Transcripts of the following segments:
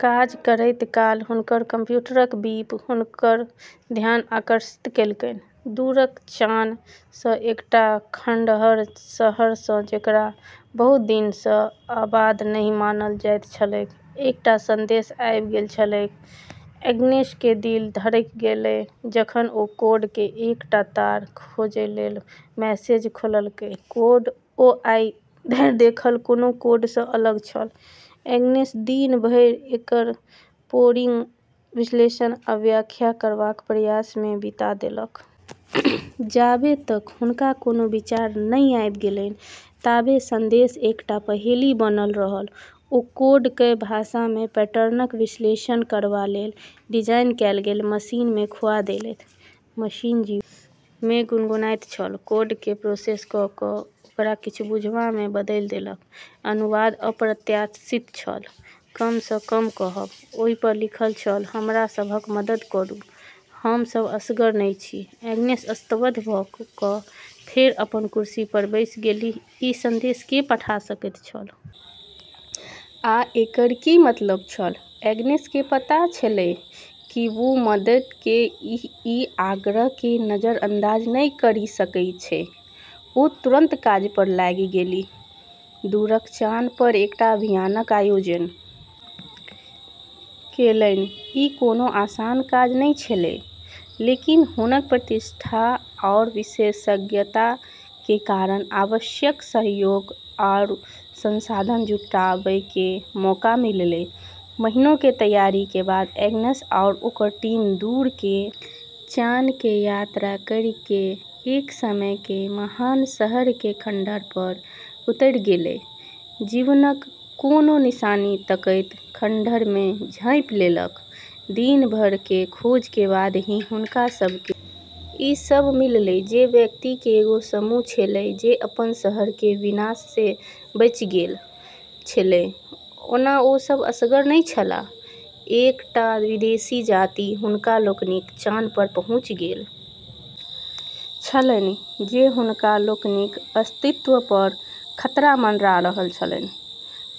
काज करैत काल हुनकर कम्प्यूटरक बीप हुनकर ध्यान आकर्षित केलकनि, दूरक चान सँ एकटा खंडहर शहर सँ जेकरा बहुत दिन सँ आबाद नहि मानल जाइत छलैक, एकटा संदेश आबि गेल छलैक, एग्नेस के दिल धड़क गेलै जखन ओ कोड के एकटा तार खोजय लेल मैसेज खोललकै कोड ओ आइ धरि देखल कोनो कोड स अलग छल, एग्नेस दिन भरि एकर पोरिंग, विश्लेषण आ व्याख्या करबाक प्रयास मे बिता देलक। जाबे तक हुनका कोनो विचार नै आबि गेलैन ताबे संदेश एकटा पहेली बनल रहल ओ कोड कए भाषा मे पैटर्न क विश्लेषण करबा लेल डिजाइन कैल गेल मशीन मे खुआ देलथि, मशीन जीवन मे गुनगुनाइत छल, कोड के प्रोसेस क क ओकरा किछु बुझबा मे बदलि देलक, अनुवाद अप्रत्याशित छल, कम स कम कहब, ओहि पर लिखल छल हमरा सभक मदद करू, हम सभ असगर नहि छी, एग्नेस स्तब्ध भ क फेर अपन कुर्सी पर बैसि गेलीह, ई संदेश के पठा सकैत छल? आ एकर की मतलब छल? एग्नेस के पता छेलै कि वू मदद के ई आग्रह के नजरअंदाज नै करी सकै छै ओ तुरंत काज पर लागि गेलीह, दूरक चान पर एकटा अभियानक आयोजन केलनि ई कोनो आसान काज नै छेलै, लेकिन हुनकऽ प्रतिष्ठा आरू विशेषज्ञता के कारण आवश्यक सहयोग आरू संसाधन जुटाबै के मौका मिललै, महीनों के तैयारी के बाद एग्नेस आरू ओकरऽ टीम दूर के चान के यात्रा करी के एक समय के महान शहर के खंडहर पर उतरी गेलै, जीवनक कोनो निशानी तकैत खंडहर मे झाँपि लेलक दिन भर के खोज के बाद ही हुनका सब के ई सब मिललै जे व्यक्ति के एगो समूह छेलै जे अपनऽ शहर के विनाश से बची गेलऽ छेलै ओना ओ सभ असगर नहि छलाह, एकटा विदेशी जाति हुनका लोकनिक चान पर पहुँचि गेल छलनि जे हुनका लोकनिक अस्तित्व पर खतरा मंडरा रहल छलनि,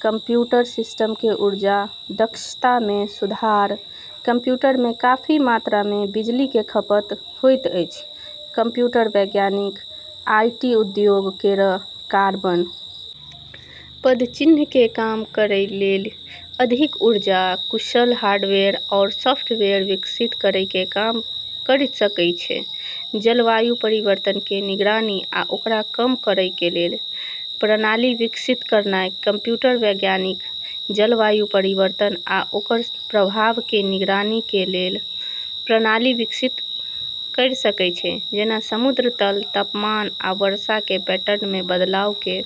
कम्प्यूटर सिस्टम के ऊर्जा दक्षता में सुधार कम्प्यूटर में काफी मात्रा में बिजली के खपत होइत अछि कंप्यूटर वैज्ञानिक आईटी उद्योग केरऽ कार्बन पदचिह्न के कम करै लेली अधिक ऊर्जा कुशल हार्डवेयर आरू सॉफ्टवेयर विकसित करै के काम करी सकै छै, जलवायु परिवर्तन कें निगरानी आ ओकरा कम करय कें लेल प्रणाली विकसित करनाय कंप्यूटर वैज्ञानिक जलवायु परिवर्तन आ ओकर प्रभावक कें निगरानी कें लेल प्रणाली विकसित कयर सकय छै जेना समुद्र तल, तापमान आ वर्षा कें पैटर्न मे बदलाव के।